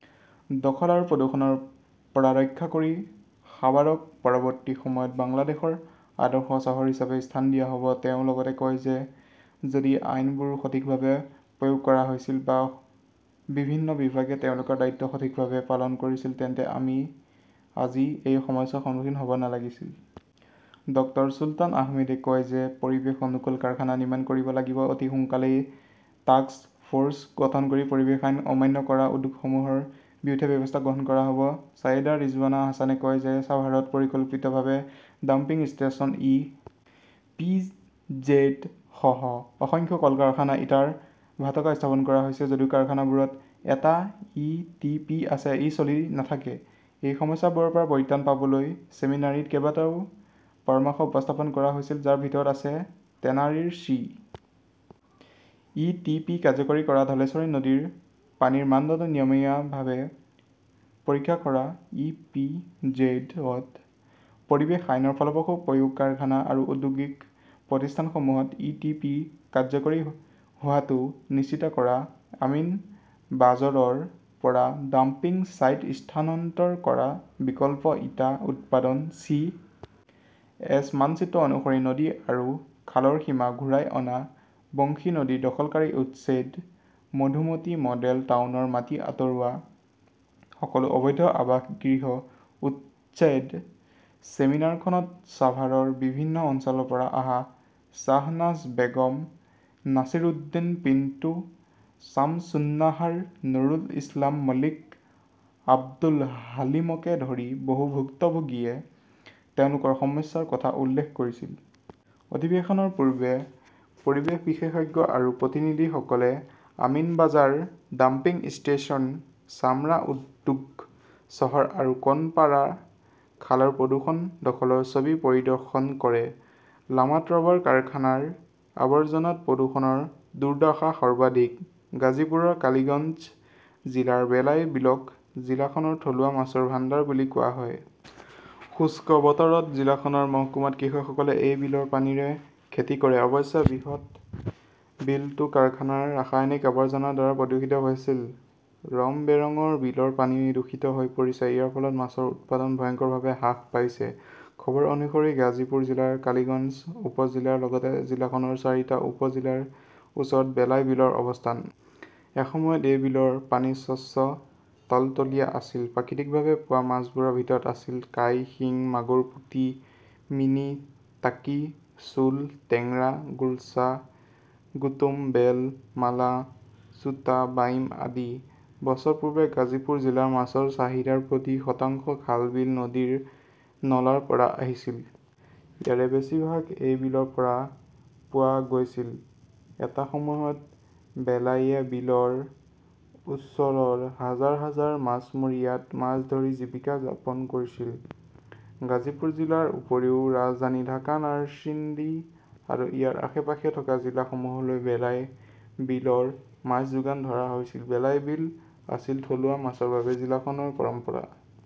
দখল আৰু প্ৰদূষণৰ পৰা ৰক্ষা কৰি সাৱাৰক পৰৱৰ্তী সময়ত বাংলাদেশৰ আদৰ্শ চহৰ হিচাপে স্থান দিয়া হ'ব। তেওঁ লগতে কয় যে যদি আইনবোৰ সঠিকভাৱে প্ৰয়োগ কৰা হৈছিল বা বিভিন্ন বিভাগে তেওঁলোকৰ দায়িত্ব সঠিকভাৱে পালন কৰিছিল তেন্তে আমি আজি এই সমস্যাৰ সন্মুখীন হ'ব নালাগিছিল। ডক্টৰ চুলতান আহমেদে কয় যে পৰিৱেশ অনুকূল কাৰখানা নিৰ্মাণ কৰিব লাগিব। অতি সোনকালেই টাস্ক ফ'ৰ্চ গঠন কৰি পৰিৱেশ আইন অমান্য কৰা উদ্যোগসমূহৰ বিৰুদ্ধে ব্যৱস্থা গ্ৰহণ কৰা হব। ছায়েদা ৰিজৱানা হাছানে কয় যে ছাভাৰত পৰিকল্পিতভাৱে dumping station, E. P. Z. সহ অসংখ্য কল-কাৰখানা, ইটাৰ ভাটকা স্থাপন কৰা হৈছে। যদিও কাৰখানাবোৰত এটা ই. টি. পি. আছে, ই চলি নাথাকে। এই সমস্যাবোৰৰ পৰা পৰিত্ৰাণ পাবলৈ ছেমিনাৰীত কেইবাটাও পৰামৰ্শ উপস্থাপন কৰা হৈছিল, যাৰ ভিতৰত আছে টেনাৰীৰ চি. ই. টি. পি. কাৰ্যকৰী কৰা, ধলেশ্বৰী নদীৰ পানীৰ মানদণ্ড নিয়মীয়াভাৱে পৰীক্ষা কৰা, ই. পি. জেড. ত পৰিৱেশ আইনৰ ফলপ্ৰসূ প্ৰয়োগ কাৰখানা আৰু ঔদ্যোগিক প্ৰতিষ্ঠানসমূহত ই. টি. পি. কাৰ্যকৰী হোৱাটো নিশ্চিত কৰা, আমিনবাজৰৰ পৰা ডাম্পিং ছাইট স্থানান্তৰ কৰা, বিকল্প ইটা উৎপাদন, চি. এছ. মানচিত্ৰ অনুসৰি নদী আৰু খালৰ সীমা ঘূৰাই অনা, বংশী নদীৰ দখলকাৰী উচ্ছেদ, মধুমতী মডেল টাউনৰ মাটি আঁতৰোৱা, সকলো অবৈধ আৱাসগৃহ উচ্ছেদ। ছেমিনাৰখনত ছাভাৰৰ বিভিন্ন অঞ্চলৰ পৰা অহা শ্বাহনাজ বেগম, নাছিৰউদ্দিন পিণ্টু, ছামছুন্নাহাৰ, নুৰুল ইছলাম মল্লিক, আব্দুল হালিমকে ধৰি বহু ভুক্তভোগীয়ে তেওঁলোকৰ সমস্যাৰ কথা উল্লেখ কৰিছিল। অধিৱেশনৰ পূৰ্বে পৰিৱেশ বিশেষজ্ঞ আৰু প্ৰতিনিধিসকলে আমিনবাজাৰ ডাম্পিং ষ্টেচন, চামৰা উদ্যোগ চহৰ আৰু কৰ্ণপাৰা খালৰ প্ৰদূষণ দখলৰ ছবি পৰিদৰ্শন কৰে। লামাত ৰবৰ কাৰখানাৰ আৱৰ্জনাত প্ৰদূষণৰ দুৰ্দশা সৰ্বাধিক। গাজীপুৰৰ কালিগঞ্জ জিলাৰ বেলাই বিলক জিলাখনৰ থলুৱা মাছৰ ভাণ্ডাৰ বুলি কোৱা হয়। শুষ্ক বতৰত জিলাখনৰ মহকুমাত কৃষকসকলে এই বিলৰ পানীৰে খেতি কৰে। অৱশ্যে বৃহৎ বিলটো কাৰখানাৰ ৰাসায়নিক আৱৰ্জনাৰ দ্বাৰা প্ৰদূষিত হৈছিল। ৰমবেৰঙৰ বিলৰ পানী দূষিত হৈ পৰিছে। ইয়াৰ ফলত মাছৰ উৎপাদন ভয়ংকৰভাৱে হ্ৰাস পাইছে। খবৰ অনুসৰি গাজীপুৰ জিলাৰ কালিগঞ্জ উপ-জিলাৰ লগতে জিলাখনৰ চাৰিটা উপ-জিলাৰ ওচৰত বেলাই বিলৰ অৱস্থান। এসময়ত এই বিলৰ পানী স্বচ্ছ টলটলিয়া আছিল। প্ৰাকৃতিকভাৱে পোৱা মাছবোৰৰ ভিতৰত আছিল কাই, শিঙ, মাগুৰ, পুটি, মিনি, টাকি, শ্বোল, টেংৰা, গুলছা, গুতুম, বেল, মালা, চোটা বাইম আদি। বছৰ পূৰ্বে গাজীপুৰ জিলাৰ মাছৰ চাহিদাৰ প্ৰতি শতাংশ খাল-বিল, নদীৰ নলাৰ পৰা আহিছিল। ইয়াৰে বেছি ভাগ এই বিলৰ পৰা পোৱা গৈছিল। এটা সময়ত বেলাইয়ে বিলৰ ওচৰৰ হাজাৰ হাজাৰ মাছমৰীয়াত মাছ ধৰি জীৱিকা যাপন কৰিছিল। গাজীপুৰ জিলাৰ উপৰিও ৰাজধানী ঢাকা, নাৰ্ছিণ্ডি আৰু ইয়াৰ আশে-পাশে থকা জিলাসমূহলৈ বেলাই বিলৰ মাছ যোগান ধৰা হৈছিল। বেলাই বিল আছিল থলুৱা মাছৰ বাবে জিলাখনৰ পৰম্পৰা।